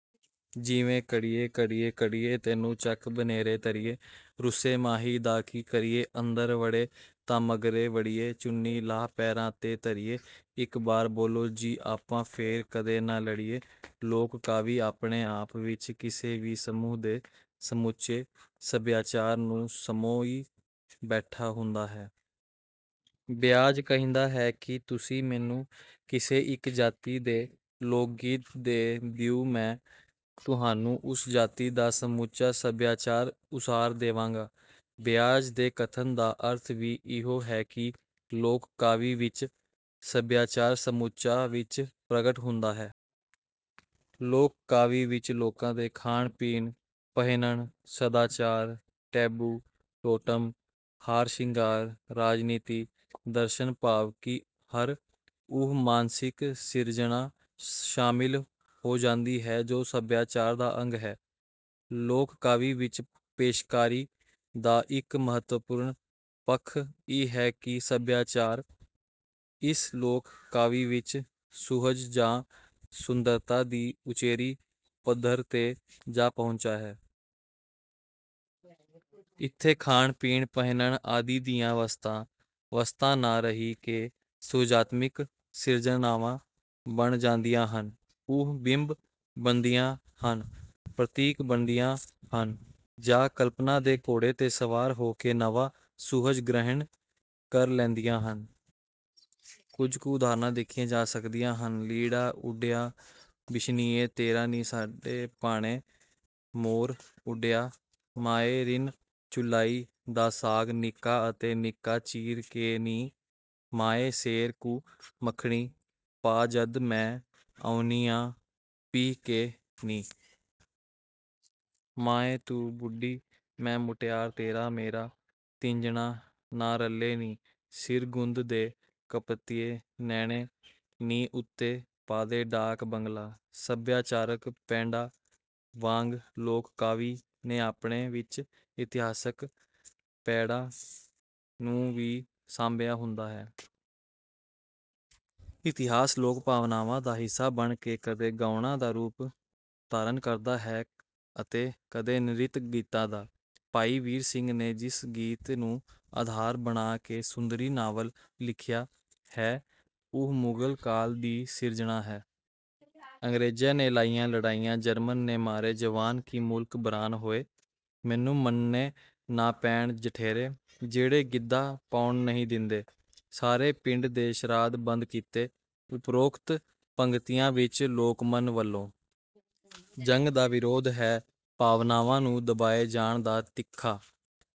ਜਿਵੇਂ ਕੜ੍ਹੀਏ ਕੜ੍ਹੀਏ ਕੜ੍ਹੀਏ ਤੈਨੂੰ ਚੱਕ ਬਨੇਰੇ ਧਰੀਏ ਰੁੱਸੇ ਮਾਹੀ ਦਾ ਕੀ ਕਰੀਏ ਅੰਦਰ ਵੜੇ ਤਾਂ ਮਗਰੇ ਵੜੀਏ ਚੁੰਨੀ ਲਾਹ ਪੈਰਾਂ ਤੇ ਧਰੀਏ ਇੱਕ ਬਾਰ ਬੋਲੋ ਜੀ ਆਪਾਂ ਫੇਰ ਕਦੇ ਨਾ ਲੜੀਏ। ਲੋਕ ਕਾਵਿ ਆਪਣੇ ਆਪ ਵਿੱਚ ਕਿਸੇ ਵੀ ਸਮੂਹ ਦੇ ਸਮੁੱਚੇ ਸਭਿਆਚਾਰ ਨੂੰ ਸਮੋਈ ਬੈਠਾ ਹੁੰਦਾ ਹੈ। ਬੋਆਜ ਕਹਿੰਦਾ ਹੈ ਕਿ ਤੁਸੀਂ ਮੈਨੂੰ ਕਿਸੇ ਇੱਕ ਜਾਤੀ ਦੇ ਲੋਕਗੀਤ ਦੇ ਦਿਉ ਮੈਂ ਤੁਹਾਨੂੰ ਉਸ ਜਾਤੀ ਦਾ ਸਮੁੱਚਾ ਸਭਿਆਚਾਰ ਉਸਾਰ ਦੇਵਾਂਗਾ। ਬੋਆਜ਼ ਦੇ ਕਥਨ ਦਾ ਅਰਥ ਵੀ ਇਹੋ ਹੈ ਕਿ ਲੋਕ ਕਾਵਿ ਵਿੱਚ ਸਭਿਆਚਾਰ ਸਮੁੱਚਤਾ ਵਿੱਚ ਪ੍ਰਗਟ ਹੁੰਦਾ ਹੈ। ਲੋਕ ਕਾਵਿ ਵਿੱਚ ਲੋਕਾਂ ਦੇ ਖਾਣ ਪੀਣ, ਪਹਿਨਣ, ਸਦਾਚਾਰ, ਟੈਬੂ, ਟੋਟਮ, ਹਾਰ ਸ਼ਿੰਗਾਰ, ਰਾਜਨੀਤੀ, ਦਰਸ਼ਨ ਭਾਵ ਕਿ ਹਰ ਉਹ ਮਾਨਸਿਕ ਸਿਰਜਣਾ ਸ਼ਾਮਿਲ ਹੋ ਜਾਂਦੀ ਹੈ ਜੋ ਸਭਿਆਚਾਰ ਦਾ ਅੰਗ ਹੈ। ਲੋਕ ਕਾਵਿ ਵਿੱਚ ਪੇਸ਼ਕਾਰੀ ਦਾ ਇੱਕ ਮਹੱਤਵਪੂਰਣ ਪੱਖ ਇਹ ਹੈ ਕਿ ਸਭਿਆਚਾਰ ਇਸ ਲੋਕ ਕਾਵਿ ਵਿੱਚ ਸੁਹਜ ਜਾਂ ਸੁੰਦਰਤਾ ਦੀ ਉਚੇਰੀ ਪੱਧਰ ਤੇ ਜਾ ਪਹੁੰਚਦਾ ਹੈ। ਇਥੇ ਖਾਣ, ਪੀਣ, ਪਹਿਨਣ ਆਦਿ ਦੀਆਂ ਵਸਤਾਂ, ਵਸਤਾਂ ਨਾ ਰਹਿ ਕੇ ਸੁਹਜਾਤਮਿਕ ਸਿਰਜਣਾਵਾਂ ਬਣ ਜਾਂਦੀਆਂ ਹਨ। ਉਹ ਬਿੰਬ ਬਣਦੀਆਂ ਹਨ, ਪ੍ਰਤੀਕ ਬਣਦੀਆਂ ਹਨ ਜਾਂ ਕਲਪਣਾ ਦੇ ਘੋੜੇ ਤੇ ਸਵਾਰ ਹੋ ਕੇ ਨਵਾਂ ਸੁਹਜ ਗ੍ਰਹਿਣ ਕਰ ਲੈਂਦੀਆਂ ਹਨ। ਕੁਝ ਕੁ ਉਦਾਹਰਣਾਂ ਦੇਖੀਆਂ ਜਾ ਸਕਦੀਆਂ ਹਨ। ਲੀੜਾ ਉੱਡਿਆ ਬਿਸ਼ਨੀਏਂ ਤੇਰਾ ਨੀ ਸਾਡੇ ਭਾਣੇ ਮੋਰ ਉੱਡਿਆ। ਮਾਏ ਰਿੰਨ੍ਹ ਚੁਲ਼ਾਈ ਦਾ ਸਾਗ ਨਿੱਕਾ ਅਤੇ ਨਿੱਕਾ ਚੀਰ ਕੇ ਨੀ। ਮਾਏ ਸੇਰ ਕੁ ਮਖਣੀ ਪਾ ਜਦ ਮੈਂ ਆਉਂਨੀਆ ਪੀਹ ਕੇ ਨੀ। ਮਾਏ ਤੂੰ ਬੁੱਢੀ ਮੈਂ ਮੁਟਿਆਰ ਤੇਰਾ ਮੇਰਾ ਤਿੰਜਣਾਂ ਨਾ ਰਲ਼ੇ ਨੀ। ਸਿਰ ਗੁੰਦ ਦੇ ਕਪੱਤੀਏ ਨੈਣੇ ਨੀ ਉੱਤੇ ਪਾਦੇ ਡਾਕ ਬੰਗਲਾ। ਸਭਿਆਚਾਰਕ ਪੈੜ੍ਹਾਂ ਵਾਂਗ ਲੋਕ ਕਾਵਿ ਨੇ ਆਪਣੇ ਵਿੱਚ ਇਤਿਹਾਸਕ ਪੈੜਾਂ ਨੂੰ ਵੀ ਸਾਂਭਿਆ ਹੁੰਦਾ ਹੈ। ਇਤਿਹਾਸ ਲੋਕ ਭਾਵਨਾਵਾਂ ਦਾ ਹਿੱਸਾ ਬਣ ਕੇ ਕਦੇ ਗਾਉਣਾਂ ਦਾ ਰੂਪ ਧਾਰਣ ਕਰਦਾ ਹੈ ਅਤੇ ਕਦੇ ਨ੍ਰਿਤ ਗੀਤਾਂ ਦਾ। ਭਾਈ ਵੀਰ ਸਿੰਘ ਨੇ ਜਿਸ ਗੀਤ ਨੂੰ ਆਧਾਰ ਬਣਾ ਕੇ ਸੁੰਦਰੀ ਨਾਵਲ ਲਿਖਿਆ ਹੈ ਉਹ ਮੁਗਲ ਕਾਲ ਦੀ ਸਿਰਜਣਾ ਹੈ। ਅੰਗ੍ਰੇਜਾਂ ਨੇ ਲਾਈਆਂ ਲੜਾਈਆਂ ਜਰਮਨ ਨੇ ਮਾਰੇ ਜਵਾਨ ਕਿ ਮੁਲਕ ਬਰਾਨ ਹੋਏ। ਮੈਨੂੰ ਮੰਨਣੇ ਨਾ ਪੈਣ ਜਠੇਰੇ। ਜਿਹੜੇ ਗਿੱਧਾ ਪਾਉਣ ਨਹੀਂ ਦਿੰਦੇ। ਸਾਰੇ ਪਿੰਡ ਦੇ ਸ਼ਰਾਧ ਬੰਦ ਕੀਤੇ। ਉਪਰੋਕਤ ਪੰਗਤੀਆਂ ਵਿੱਚ ਲੋਕਮਨ ਵਲੋਂ ਜੰਗ ਦਾ ਵਿਰੋਧ ਹੈ, ਭਾਵਨਾਵਾਂ ਨੂੰ ਦਬਾਏ ਜਾਣ ਦਾ ਤਿੱਖਾ